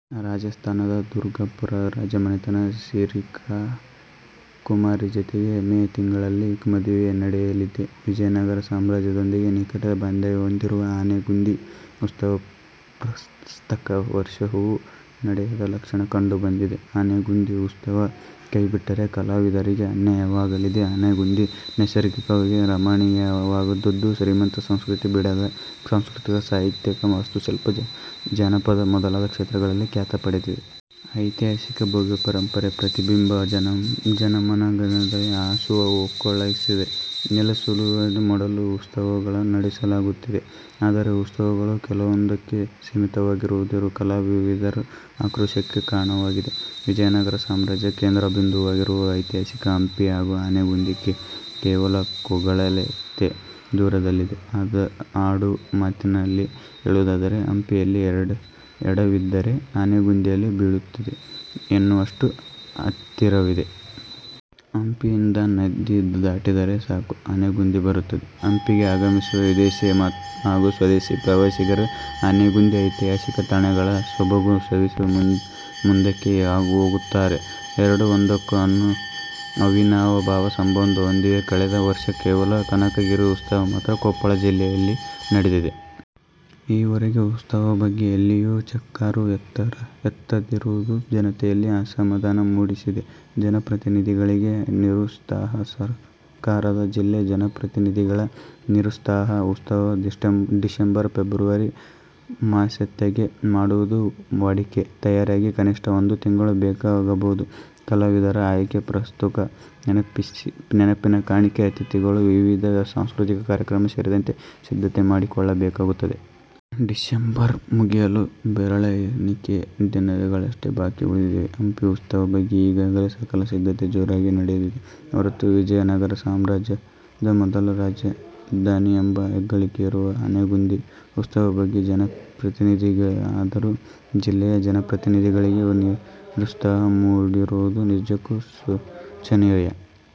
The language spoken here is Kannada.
ರಾಜಸ್ಥಾನದ ದುಂಗರ್ಪುರ್ ರಾಜಮನೆತನದ ರಿಶಿಕಾಕುಮಾರಿ ಜತೆಗೆ ಮೇ ತಿಂಗಳಲ್ಲಿ ಮದುವೆ ನಡೆಯಲಿದೆ. ವಿಜಯನಗರ ಸಾಮ್ರಾಜ್ಯದೊಂದಿಗೆ ನಿಕಟ ಬಾಂಧವ್ಯ ಹೊಂದಿರುವ ಆನೆಗೊಂದಿ ಉತ್ಸವ ಪ್ರಸಕ್ತ ವರ್ಷವೂ ನಡೆಯದ ಲಕ್ಷಣಗಳು ಕಂಡು ಬರುತ್ತಿವೆ. ಆನೆಗೊಂದಿ ಉತ್ಸವ ಕೈ ಬಿಟ್ಟರೆ ಕಲಾವಿದರಿಗೆ ಅನ್ಯಾಯವಾಗಲಿದೆ. ಆನೆಗೊಂದಿ ನೈಸರ್ಗಿಕವಾಗಿ ರಮಣೀಯವಾದುದ್ದು. ಶ್ರೀಮಂತ ಸಂಸ್ಕೃತಿಯ ಬೀಡಾದ ಸಾಂಸ್ಕೃತಿಕ ಸಾಹಿತ್ಯೀಕ ವಾಸ್ತು ಶಿಲ್ಪ, ಜಾನಪದ ಮೊದಲಾದ ಕ್ಷೇತ್ರಗಳಲ್ಲಿ ಖ್ಯಾತಿ ಪಡೆದಿದೆ. ಐತಿಹಾಸಿಕ ಭವ್ಯ ಪರಂಪರೆ ಪ್ರತಿಬಿಂಬಿಸಿ ಜನಮನದಲ್ಲಿ ಹಾಸುಹೊಕ್ಕಾಗಿಸಲು ನೆಲೆಸುವಂತೆ ಮಾಡಲು ಉತ್ಸವಗಳನ್ನು ನಡೆಸಲಾಗುತ್ತಿದೆ. ಆದರೆ ಉತ್ಸವಗಳು ಕೆಲವೊಂದಕ್ಕೆ ಸೀಮಿತವಾಗಿರುವುದು ಕಲಾವಿದರ ಆಕ್ರೋಶಕ್ಕೆ ಕಾರಣವಾಗಿದೆ. ವಿಜಯನಗರ ಸಾಮ್ರಾಜ್ಯದ ಕೇಂದ್ರಬಿಂದುವಾಗಿರುವ ಐತಿಹಾಸಿಕ ಹಂಪಿ ಹಾಗೂ ಆನೆಗೊಂದಿ ಕೇವಲ ಕೂಗಳತೆ ದೂರದಲ್ಲಿವೆ. ಆಡು ಮಾತಿನಲ್ಲಿ ಹೇಳುವುದಾದರೆ ಹಂಪಿಯಲ್ಲಿ ಎಡವಿದರೆ ಆನೆಗೊಂದಿಯಲ್ಲಿ ಬೀಳುತ್ತೇವೆ ಎನ್ನುವಷ್ಟು ಹತ್ತಿರದಲ್ಲಿವೆ. ಹಂಪಿಯಿಂದ ನದಿ ದಾಟಿದರೆ ಸಾಕು ಆನೆಗೊಂದಿ ಬರುತ್ತದೆ. ಹಂಪಿಗೆ ಆಗಮಿಸುವ ವಿದೇಶಿ ಹಾಗೂ ಸ್ವದೇಶಿ ಪ್ರವಾಸಿಗರು ಆನೆಗೊಂದಿಯ ಐತಿಹಾಸಕ ತಾಣಗಳ ಸೊಬಗು ಸವಿದು ಮುಂದಕ್ಕೆ ಹೋಗುತ್ತಾರೆ. ಎರಡು ಒಂದಕ್ಕೊಂದು ಅವಿನಾಭಾವ ಸಂಬಂಧ ಹೊಂದಿವೆ. ಕಳೆದ ವರ್ಷ ಕೇವಲ ಕನಕಗಿರಿ ಉತ್ಸವ ಮಾತ್ರ ಕೊಪ್ಪಳ ಜಿಲ್ಲೆಯಲ್ಲಿ ನಡೆದಿದೆ. ಈ ವರೆಗೆ ಉತ್ಸವದ ಬಗ್ಗೆ ಎಲ್ಲಿಯೂ ಚಕಾರ ಎತ್ತದಿರುವುದು ಜನತೆಯಲ್ಲಿ ಅಸಮಾಧಾನ ಮೂಡಿಸಿದೆ. ಜನಪ್ರತಿನಿಧಿಗಳಿಗೆ ನಿರುತ್ಸಾಹ: ಸರಕಾರದ, ಜಿಲ್ಲೆಯ ಜನಪ್ರತಿನಿಧಿಗಳ ನಿರುತ್ಸಾಹ: ಉತ್ಸವಗಳನ್ನು ಡಿಸೆಂಬರ್ದಿಂದ ಫೆಬ್ರವರಿ ಮಾಸಾಂತ್ಯಕ್ಕೆ ಮಾಡುವುದು ವಾಡಿಕೆ. ತಯಾರಿಗೆ ಕನಿಷ್ಠ ಒಂದು ತಿಂಗಳು ಬೇಕಾಗಬಹುದು. ಕಲಾವಿದರ ಆಯ್ಕೆ, ಪುಸ್ತಕ, ನೆನಪಿನ ಕಾಣಿಕೆ, ಅತಿಥಿಗಳು ವಿವಿಧ ಸಾಂಸ್ಕೃತಿಕ ಕಾರ್ಯಕ್ರಮ ಸೇರಿದಂತೆ ಸಿದ್ಧತೆ ಮಾಡಿಕೊಳ್ಳಬೇಕಾಗುತ್ತದೆ. ಡಿಸೆಂಬರ್ ಮುಗಿಯಲು ಬೆರಳೆಣಿಕೆಯ ದಿನಗಳಷ್ಟೇ ಬಾಕಿ ಉಳಿದಿವೆ. ಹಂಪಿ ಉತ್ಸವದ ಬಗ್ಗೆ ಈಗಾಗಲೇ ಸಕಲ ಸಿದ್ಧತೆ ಜೋರಾಗಿ ನಡೆದಿದೆಯೇ ಹೊರತು ವಿಜಯ ನಗರ ಸಾಮ್ರಾಜ್ಯದ ಮೊದಲ ರಾಜಧಾನಿ ಎಂಬ ಹೆಗ್ಗಳಿಕೆ ಇರುವ ಆನೆಗೊಂದಿ ಉತ್ಸವದ ಬಗ್ಗೆ ಜನಪ್ರತಿನಿಧಿಗಳಿಗೆ ಅದರಲ್ಲೂ ಜಿಲ್ಲೆಯ ಜನಪ್ರತಿನಿಧಿಗಳಿಗೆ ನಿರುತ್ಸಾಹ ಮೂಡಿರುವುದು ನಿಜಕ್ಕೂ ಶೋಚನೀಯ.